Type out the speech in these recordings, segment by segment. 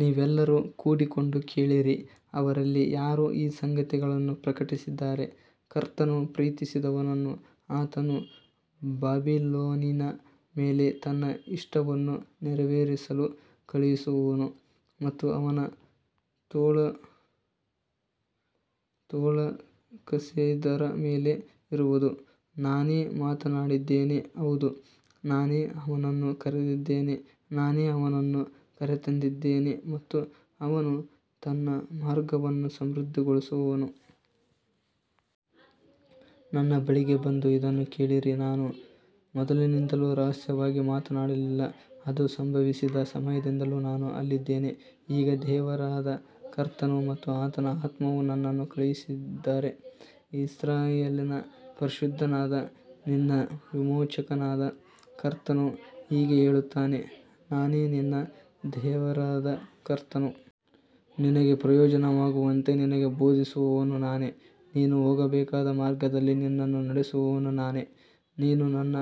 ನೀವೆಲ್ಲರೂ ಕೂಡಿಕೊಂಡು ಕೇಳಿರಿ. ಅವರಲ್ಲಿ ಯಾರು ಈ ಸಂಗತಿಗಳನ್ನು ಪ್ರಕಟಿಸಿದ್ದಾರೆ? ಕರ್ತನು ಪ್ರೀತಿಸಿದವನನ್ನು ಆತನು ಬಾಬಿಲೋನಿನ ಮೇಲೆ ತನ್ನ ಇಷ್ಟವನ್ನು ನೆರವೇರಿಸಲು ಕಳುಹಿಸುವನು ಮತ್ತು ಅವನ ತೋಳು ಕಸ್ದೀಯರ ಮೇಲೆ ಇರುವದು. ನಾನೇ ಮಾತನಾಡಿದ್ದೇನೆ. ಹೌದು, ನಾನೇ ಅವನನ್ನು ಕರೆದಿದ್ದೇನೆ. ನಾನೇ ಅವನನ್ನು ಕರೆತಂದಿದ್ದೇನೆ ಮತ್ತು ಅವನು ತನ್ನ ಮಾರ್ಗವನ್ನು ಸಮೃದ್ಧಿಗೊಳಿಸುವನು. ನನ್ನ ಬಳಿಗೆ ಬಂದು ಇದನ್ನು ಕೇಳಿರಿ. ನಾನು ಮೊದಲಿನಿಂದಲೂ ರಹಸ್ಯವಾಗಿ ಮಾತನಾಡಲಿಲ್ಲ. ಅದು ಸಂಭವಿಸಿದ ಸಮಯದಿಂದಲೂ ನಾನು ಅಲ್ಲಿದ್ದೇನೆ. ಈಗ ದೇವರಾದ ಕರ್ತನು ಮತ್ತು ಆತನ ಆತ್ಮವು ನನ್ನನ್ನು ಕಳುಹಿಸಿದ್ದಾರೆ. ಇಸ್ರಾಯೇಲಿನ ಪರಿಶುದ್ಧನಾದ ನಿನ್ನ ವಿಮೋಚಕನಾದ ಕರ್ತನು ಹೀಗೆ ಹೇಳುತ್ತಾನೆ. ನಾನೇ ನಿನ್ನ ದೇವರಾದ ಕರ್ತನು. ನಿನಗೆ ಪ್ರಯೋಜನವಾಗುವಂತೆ ನಿನಗೆ ಬೋಧಿಸುವವನು ನಾನೇ. ನೀನು ಹೋಗಬೇಕಾದ ಮಾರ್ಗದಲ್ಲಿ ನಿನ್ನನ್ನು ನಡೆಸುವವನು ನಾನೇ. ನೀನು ನನ್ನ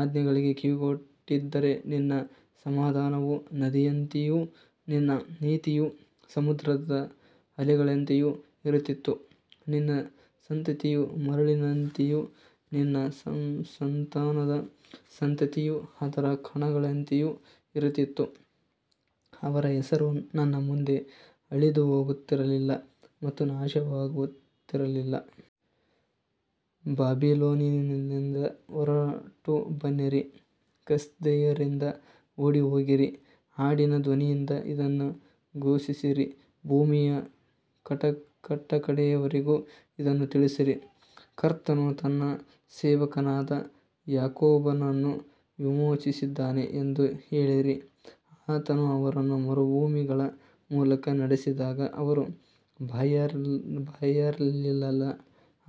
ಆಜ್ಞೆಗಳಿಗೆ ಕಿವಿಗೊಟ್ಟಿದ್ದರೆ ನಿನ್ನ ಸಮಾಧಾನವು ನದಿಯಂತೆಯೂ ನಿನ್ನ ನೀತಿಯು ಸಮುದ್ರದ ಅಲೆಗಳಂತೆಯೂ ಇರುತ್ತಿತ್ತು. ನಿನ್ನ ಸಂತತಿಯು ಮರಳಿನಂತೆಯೂ ನಿನ್ನ ಸಂತಾನದ ಸಂತತಿಯು ಅದರ ಕಣಗಳಂತೆಯೂ ಇರುತ್ತಿತ್ತು. ಅವರ ಹೆಸರು ನನ್ನ ಮುಂದೆ ಅಳಿದುಹೋಗುತ್ತಿರಲಿಲ್ಲ ಮತ್ತು ನಾಶವಾಗುತ್ತಿರಲಿಲ್ಲ. ಬಾಬಿಲೋನಿನಿಂದ ಹೊರಟುಬನ್ನಿರಿ. ಕಸ್ದೀಯರಿಂದ ಓಡಿಹೋಗಿರಿ. ಹಾಡಿನ ಧ್ವನಿಯಿಂದ ಇದನ್ನು ಘೋಷಿಸಿರಿ. ಭೂಮಿಯ ಕಟ್ಟಕಡೆಯವರೆಗೂ ಇದನ್ನು ತಿಳಿಸಿರಿ. ಕರ್ತನು ತನ್ನ ಸೇವಕನಾದ ಯಾಕೋಬನನ್ನು ವಿಮೋಚಿಸಿದ್ದಾನೆ ಎಂದು ಹೇಳಿರಿ. ಆತನು ಅವರನ್ನು ಮರುಭೂಮಿಗಳ ಮೂಲಕ ನಡೆಸಿದಾಗ ಅವರು ಬಾಯಾರಲಿಲ್ಲ.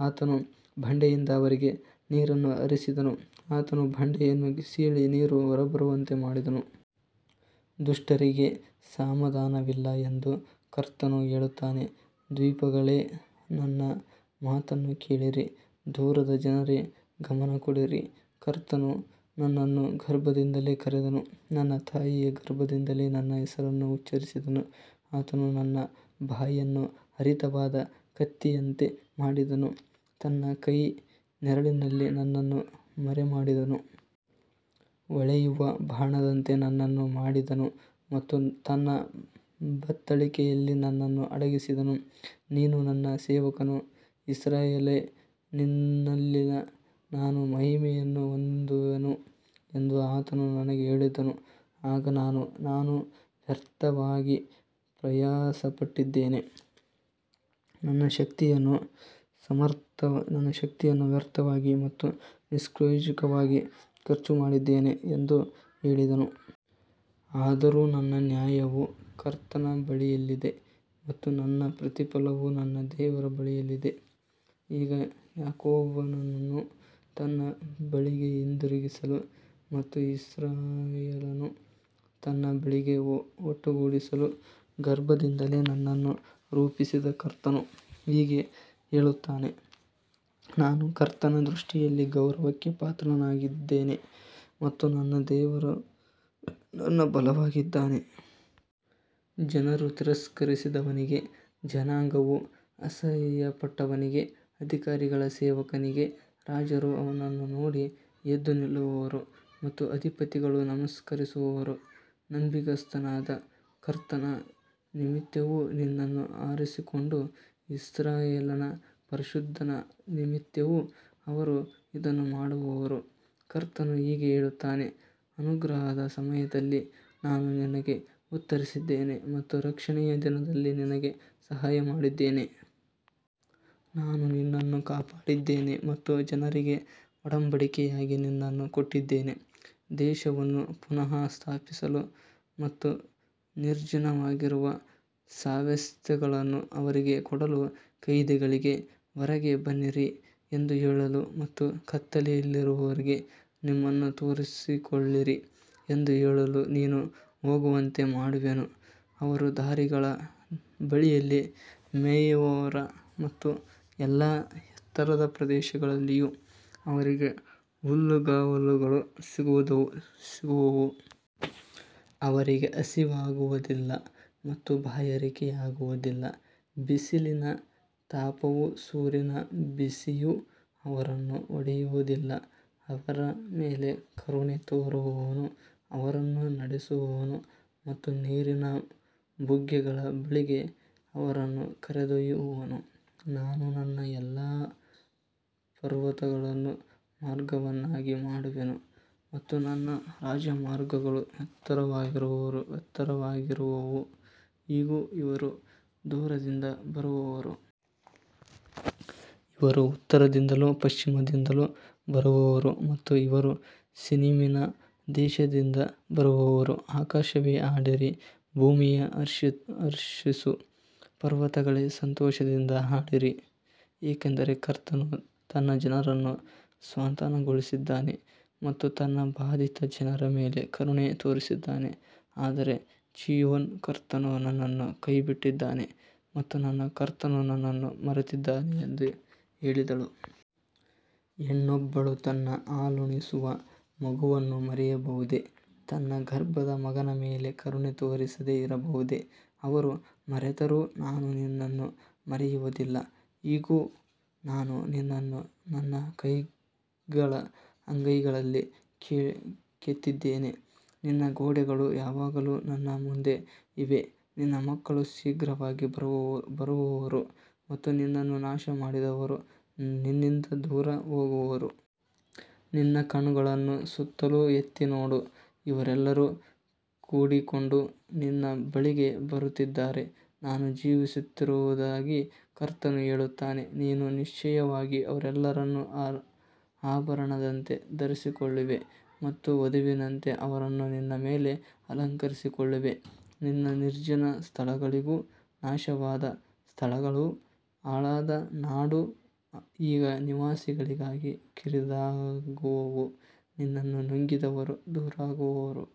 ಆತನು ಬಂಡೆಯಿಂದ ಅವರಿಗೆ ನೀರನ್ನು ಹರಿಸಿದನು. ಆತನು ಬಂಡೆಯನ್ನು ಸೀಳಿ ನೀರು ಹೊರಬರುವಂತೆ ಮಾಡಿದನು. ದುಷ್ಟರಿಗೆ ಸಮಾಧಾನವಿಲ್ಲ ಎಂದು ಕರ್ತನು ಹೇಳುತ್ತಾನೆ. ದ್ವೀಪಗಳೇ, ನನ್ನ ಮಾತನ್ನು ಕೇಳಿರಿ. ದೂರದ ಜನರೇ, ಗಮನಕೊಡಿರಿ. ಕರ್ತನು ನನ್ನನ್ನು ಗರ್ಭದಿಂದಲೇ ಕರೆದನು. ನನ್ನ ತಾಯಿಯ ಗರ್ಭದಿಂದಲೇ ನನ್ನ ಹೆಸರನ್ನು ಉಚ್ಚರಿಸಿದನು. ಆತನು ನನ್ನ ಬಾಯನ್ನು ಹರಿತವಾದ ಕತ್ತಿಯಂತೆ ಮಾಡಿದನು. ತನ್ನ ಕೈಯ ನೆರಳಿನಲ್ಲಿ ನನ್ನನ್ನು ಮರೆಮಾಡಿದನು. ಹೊಳೆಯುವ ಬಾಣದಂತೆ ನನ್ನನ್ನು ಮಾಡಿದನು ಮತ್ತು ತನ್ನ ಬತ್ತಳಿಕೆಯಲ್ಲಿ ನನ್ನನ್ನು ಅಡಗಿಸಿದನು. ನೀನು ನನ್ನ ಸೇವಕನು, ಇಸ್ರಾಯೇಲೇ, ನಿನ್ನಲ್ಲಿ ನಾನು ಮಹಿಮೆಯನ್ನು ಹೊಂದುವೆನು ಎಂದು ಆತನು ನನಗೆ ಹೇಳಿದನು. ಆಗ ನಾನು, ನಾನು ವ್ಯರ್ಥವಾಗಿ ಪ್ರಯಾಸಪಟ್ಟಿದ್ದೇನೆ, ನನ್ನ ಶಕ್ತಿಯನ್ನು ವ್ಯರ್ಥವಾಗಿ ಮತ್ತು ನಿಷ್ಪ್ರಯೋಜಕವಾಗಿ ಖರ್ಚುಮಾಡಿದ್ದೇನೆ ಎಂದು ಹೇಳಿದೆನು. ಆದರೂ ನನ್ನ ನ್ಯಾಯವು ಕರ್ತನ ಬಳಿಯಲ್ಲಿದೆ ಮತ್ತು ನನ್ನ ಪ್ರತಿಫಲವು ನನ್ನ ದೇವರ ಬಳಿಯಲ್ಲಿದೆ. ಈಗ ಯಾಕೋಬನನ್ನು ತನ್ನ ಬಳಿಗೆ ಹಿಂದಿರುಗಿಸಲು ಮತ್ತು ಇಸ್ರಾಯೇಲನ್ನು ತನ್ನ ಬಳಿಗೆ ಒಟ್ಟುಗೂಡಿಸಲು ಗರ್ಭದಿಂದಲೇ ನನ್ನನ್ನು ರೂಪಿಸಿದ ಕರ್ತನು ಹೀಗೆ ಹೇಳುತ್ತಾನೆ. ನಾನು ಕರ್ತನ ದೃಷ್ಟಿಯಲ್ಲಿ ಗೌರವಕ್ಕೆ ಪಾತ್ರನಾಗಿದ್ದೇನೆ ಮತ್ತು ನನ್ನ ದೇವರು ನನ್ನ ಬಲವಾಗಿದ್ದಾನೆ. ಜನರು ತಿರಸ್ಕರಿಸಿದವನಿಗೆ, ಜನಾಂಗವು ಅಸಹ್ಯಪಟ್ಟವನಿಗೆ, ಅಧಿಕಾರಿಗಳ ಸೇವಕನಿಗೆ, ರಾಜರು ಅವನನ್ನು ನೋಡಿ ಎದ್ದು ನಿಲ್ಲುವರು ಮತ್ತು ಅಧಿಪತಿಗಳು ನಮಸ್ಕರಿಸುವರು. ನಂಬಿಗಸ್ತನಾದ ಕರ್ತನ ನಿಮಿತ್ತವೂ ನಿನ್ನನ್ನು ಆರಿಸಿಕೊಂಡ ಇಸ್ರಾಯೇಲಿನ ಪರಿಶುದ್ಧನ ನಿಮಿತ್ತವೂ ಅವರು ಇದನ್ನು ಮಾಡುವರು. ಕರ್ತನು ಹೀಗೆ ಹೇಳುತ್ತಾನೆ. ಅನುಗ್ರಹದ ಸಮಯದಲ್ಲಿ ನಾನು ನಿನಗೆ ಉತ್ತರಿಸಿದ್ದೇನೆ ಮತ್ತು ರಕ್ಷಣೆಯ ದಿನದಲ್ಲಿ ನಿನಗೆ ಸಹಾಯಮಾಡಿದ್ದೇನೆ. ನಾನು ನಿನ್ನನ್ನು ಕಾಪಾಡಿದ್ದೇನೆ ಮತ್ತು ಜನರಿಗೆ ಒಡಂಬಡಿಕೆಯಾಗಿ ನಿನ್ನನ್ನು ಕೊಟ್ಟಿದ್ದೇನೆ. ದೇಶವನ್ನು ಪುನಃ ಸ್ಥಾಪಿಸಲು ಮತ್ತು ನಿರ್ಜನವಾಗಿರುವ ಸ್ವಾಸ್ತ್ಯಗಳನ್ನು ಅವರಿಗೆ ಕೊಡಲು, ಕೈದಿಗಳಿಗೆ, ಹೊರಗೆ ಬನ್ನಿರಿ ಎಂದು ಹೇಳಲು ಮತ್ತು ಕತ್ತಲೆಯಲ್ಲಿರುವವರಿಗೆ, ನಿಮ್ಮನ್ನು ತೋರಿಸಿಕೊಳ್ಳಿರಿ ಎಂದು ಹೇಳಲು ನೀನು ಹೋಗುವಂತೆ ಮಾಡುವೆನು. ಅವರು ದಾರಿಗಳ ಬಳಿಯಲ್ಲಿ ಮೇಯುವರು ಮತ್ತು ಎಲ್ಲಾ ಎತ್ತರದ ಪ್ರದೇಶಗಳಲ್ಲಿಯೂ ಅವರಿಗೆ ಹುಲ್ಲುಗಾವಲುಗಳು ಸಿಗುವವು. ಅವರಿಗೆ ಹಸಿವಾಗುವುದಿಲ್ಲ ಮತ್ತು ಬಾಯಾರಿಕೆಯಾಗುವುದಿಲ್ಲ. ಬಿಸಿಲಿನ ತಾಪವೂ ಸೂರ್ಯನ ಬಿಸಿಯೂ ಅವರನ್ನು ಹೊಡೆಯುವುದಿಲ್ಲ. ಅವರ ಮೇಲೆ ಕರುಣೆ ತೋರುವವನು ಅವರನ್ನು ನಡೆಸುವನು ಮತ್ತು ನೀರಿನ ಬುಗ್ಗೆಗಳ ಬಳಿಗೆ ಅವರನ್ನು ಕರೆದೊಯ್ಯುವನು. ನಾನು ನನ್ನ ಎಲ್ಲಾ ಪರ್ವತಗಳನ್ನು ಮಾರ್ಗವನ್ನಾಗಿ ಮಾಡುವೆನು ಮತ್ತು ನನ್ನ ರಾಜಮಾರ್ಗಗಳು ಎತ್ತರವಾಗಿರುವವು. ಇಗೋ, ಇವರು ದೂರದಿಂದ ಬರುವರು. ಇವರು ಉತ್ತರದಿಂದಲೂ ಪಶ್ಚಿಮದಿಂದಲೂ ಬರುವರು ಮತ್ತು ಇವರು ಸಿನೀಮಿನ ದೇಶದಿಂದ ಬರುವರು. ಆಕಾಶವೇ, ಹಾಡಿರಿ. ಭೂಮಿಯೇ, ಹರ್ಷಿಸು. ಪರ್ವತಗಳೇ, ಸಂತೋಷದಿಂದ ಹಾಡಿರಿ. ಏಕೆಂದರೆ ಕರ್ತನು ತನ್ನ ಜನರನ್ನು ಸಾಂತ್ವನಗೊಳಿಸಿದ್ದಾನೆ ಮತ್ತು ತನ್ನ ಬಾಧಿತ ಜನರ ಮೇಲೆ ಕರುಣೆ ತೋರಿಸಿದ್ದಾನೆ. ಆದರೆ ಚೀಯೋನ್, ಕರ್ತನು ನನ್ನನ್ನು ಕೈಬಿಟ್ಟಿದ್ದಾನೆ ಮತ್ತು ನನ್ನ ಕರ್ತನು ನನ್ನನ್ನು ಮರೆತಿದ್ದಾನೆ ಎಂದು ಹೇಳಿದಳು. ಹೆಣ್ಣೊಬ್ಬಳು ತನ್ನ ಹಾಲುಣಿಸುವ ಮಗುವನ್ನು ಮರೆಯಬಹುದೇ? ತನ್ನ ಗರ್ಭದ ಮಗನ ಮೇಲೆ ಕರುಣೆ ತೋರಿಸದೆ ಇರಬಹುದೇ? ಅವರು ಮರೆತರೂ ನಾನು ನಿನ್ನನ್ನು ಮರೆಯುವುದಿಲ್ಲ. ಇಗೋ, ನಾನು ನಿನ್ನನ್ನು ನನ್ನ ಕೈಗಳ ಅಂಗೈಗಳಲ್ಲಿ ಕೆತ್ತಿದ್ದೇನೆ. ನಿನ್ನ ಗೋಡೆಗಳು ಯಾವಾಗಲೂ ನನ್ನ ಮುಂದೆ ಇವೆ. ನಿನ್ನ ಮಕ್ಕಳು ಶೀಘ್ರವಾಗಿ ಬರುವರು ಮತ್ತು ನಿನ್ನನ್ನು ನಾಶಮಾಡಿದವರು ನಿನ್ನಿಂದ ದೂರ ಹೋಗುವರು. ನಿನ್ನ ಕಣ್ಣುಗಳನ್ನು ಸುತ್ತಲೂ ಎತ್ತಿ ನೋಡು. ಇವರೆಲ್ಲರೂ ಕೂಡಿಕೊಂಡು ನಿನ್ನ ಬಳಿಗೆ ಬರುತ್ತಿದ್ದಾರೆ. ನಾನು ಜೀವಿಸುತ್ತಿರುವುದಾಗಿ ಕರ್ತನು ಹೇಳುತ್ತಾನೆ, ನೀನು ನಿಶ್ಚಯವಾಗಿ ಅವರೆಲ್ಲರನ್ನೂ ಆಭರಣದಂತೆ ಧರಿಸಿಕೊಳ್ಳುವೆ ಮತ್ತು ವಧುವಿನಂತೆ ಅವರನ್ನು ನಿನ್ನ ಮೇಲೆ ಅಲಂಕರಿಸಿಕೊಳ್ಳುವೆ. ನಿನ್ನ ನಿರ್ಜನ ಸ್ಥಳಗಳೂ ನಾಶವಾದ ಸ್ಥಳಗಳೂ ಹಾಳಾದ ನಾಡೂ ಈಗ ನಿವಾಸಿಗಳಿಗಾಗಿ ಕಿರಿದಾಗುವವು. ನಿನ್ನನ್ನು ನುಂಗಿದವರು ದೂರವಾಗುವರು.